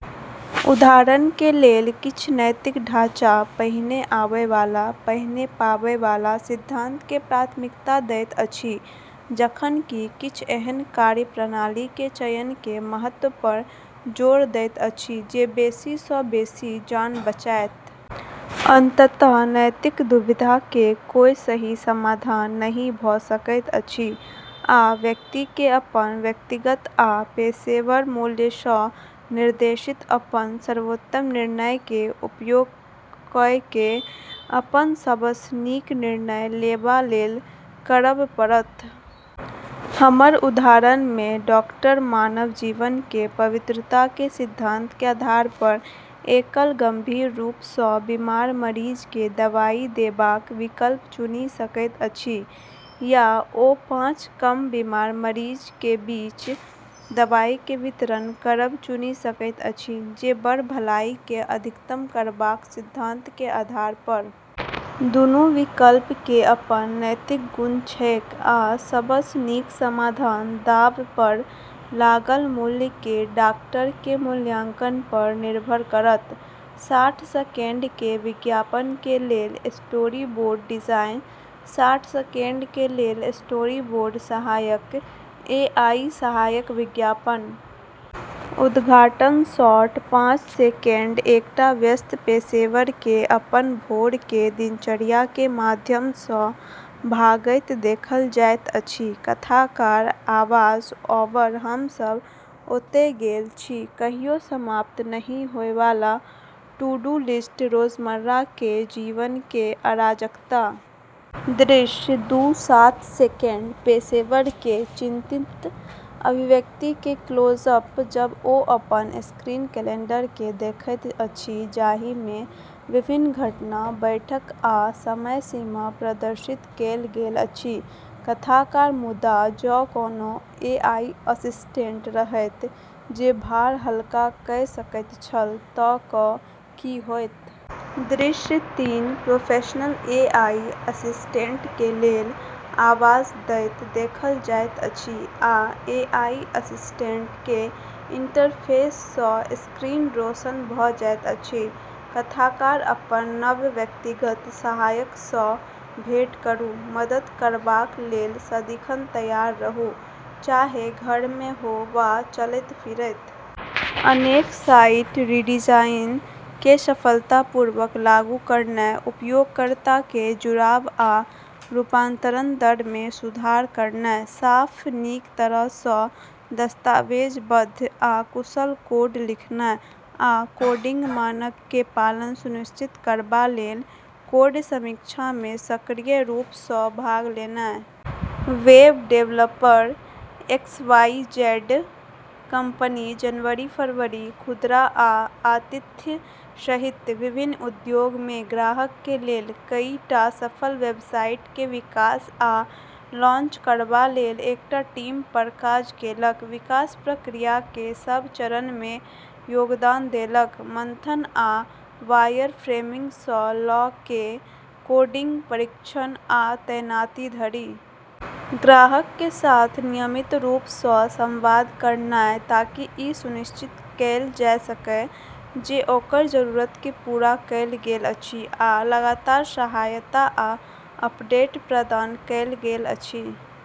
उदाहरण के लेल, किछ नैतिक ढाँचा पहिने आबय वाला, पहिने पाबय वाला सिद्धांत के प्राथमिकता दैत अछि, जखन कि किछ एहन कार्यप्रणाली के चयन के महत्व पर जोर दैत अछि जे बेसी सँ बेसी जान बचाएत। अंततः, नैतिक दुविधा के कोय सही समाधान नहि भ सकैत अछि, आ व्यक्ति के अपन व्यक्तिगत आ पेशेवर मूल्य सँ निर्देशित अपन सर्वोत्तम निर्णय के उपयोग कए कए अपन सबसँ नीक निर्णय लेबा लेल करब पड़त। हमर उदाहरण मे डाक्टर मानव जीवन के पवित्रता के सिद्धांत के आधार पर एकल गंभीर रूप सँ बीमार मरीज के दवाई देबाक विकल्प चुनी सकैत अछि, या ओ पाँच कम बीमार मरीज के बीच दवाई के वितरण करब चुनी सकैत अछि, जे बड़ भलाई के अधिकतम करबाक सिद्धांत के आधार पर। दूनू विकल्प के अपन नैतिक गुण छैक, आ सबसँ नीक समाधान दांव पर लागल मूल्य के डाक्टर के मूल्यांकन पर निर्भर करत। साठ सेकेंड के विज्ञापन के लेल स्टोरीबोर्ड डिजाइन। साठ सेकंड के लेल स्टोरीबोर्ड सहायक एआई सहायक विज्ञापन। उद्घाटन शॉट पाँच सेकंड एकटा व्यस्त पेशेवर के अपन भोर के दिनचर्या के माध्यम सँ भागैत देखल जाइत अछि। कथाकार आवाज-ओवर हम सब ओतय गेल छी, कहियो समाप्त नहि होय वाला टू-डू लिस्ट, रोजमर्रा के जीवन के अराजकता। दृश्य दू सात सेकंड पेशेवर के चिंतित अभिव्यक्ति के क्लोज अप जब ओ अपन स्क्रीन कैलेंडर के देखैत अछि जाहि मे विभिन्न घटना, बैठक आ समय सीमा प्रदर्शित कएल गेल अछि। कथाकार मुदा जँ कोनो एआई असिस्टेंट रहैत जे भार हल्का कए सकैत छल त क की होइत। दृश्य तीन प्रोफेशनल एआई असिस्टेंट के लेल आवाज दैत देखल जाइत अछि आ एआई असिस्टेंट के इंटरफेस सँ स्क्रीन रोशन भ जाइत अछि। कथाकार अपन नव व्यक्तिगत सहायक सँ भेंट करू मदद करबाक लेल सदिखन तैयार रहू, चाहे घर मे हो वा चलैत-फिरैत। अनेक साइट रीडिजाइन के सफलतापूर्वक लागू करनाय, उपयोगकर्ता के जुड़ाव आ रूपांतरण दर मे सुधार करनाय। साफ, नीक तरह सँ दस्तावेजबद्ध, आ कुशल कोड लिखनाय आ कोडिंग मानक के पालन सुनिश्चित करबा लेल कोड समीक्षा मे सक्रिय रूप सँ भाग लेनाय। वेब डेवलपर, एक्सवाईजेड कंपनी जनवरी फरवरी। खुदरा आ आतिथ्य सहित विभिन्न उद्योग मे ग्राहक के लेल कईटा सफल वेबसाइट के विकास आ लॉन्च करबा लेल एकटा टीम पर काज केलक। विकास प्रक्रिया के सब चरण मे योगदान देलक, मंथन आ वायरफ्रेमिंग सँ लए कए कोडिंग, परीक्षण, आ तैनाती धरि। ग्राहक के साथ नियमित रूप सँ संवाद करनाय ताकि ई सुनिश्चित कएल जा सकए जे ओकर जरूरत के पूरा कएल गेल अछि आ लगातार सहायता आ अपडेट प्रदान कएल गेल अछि।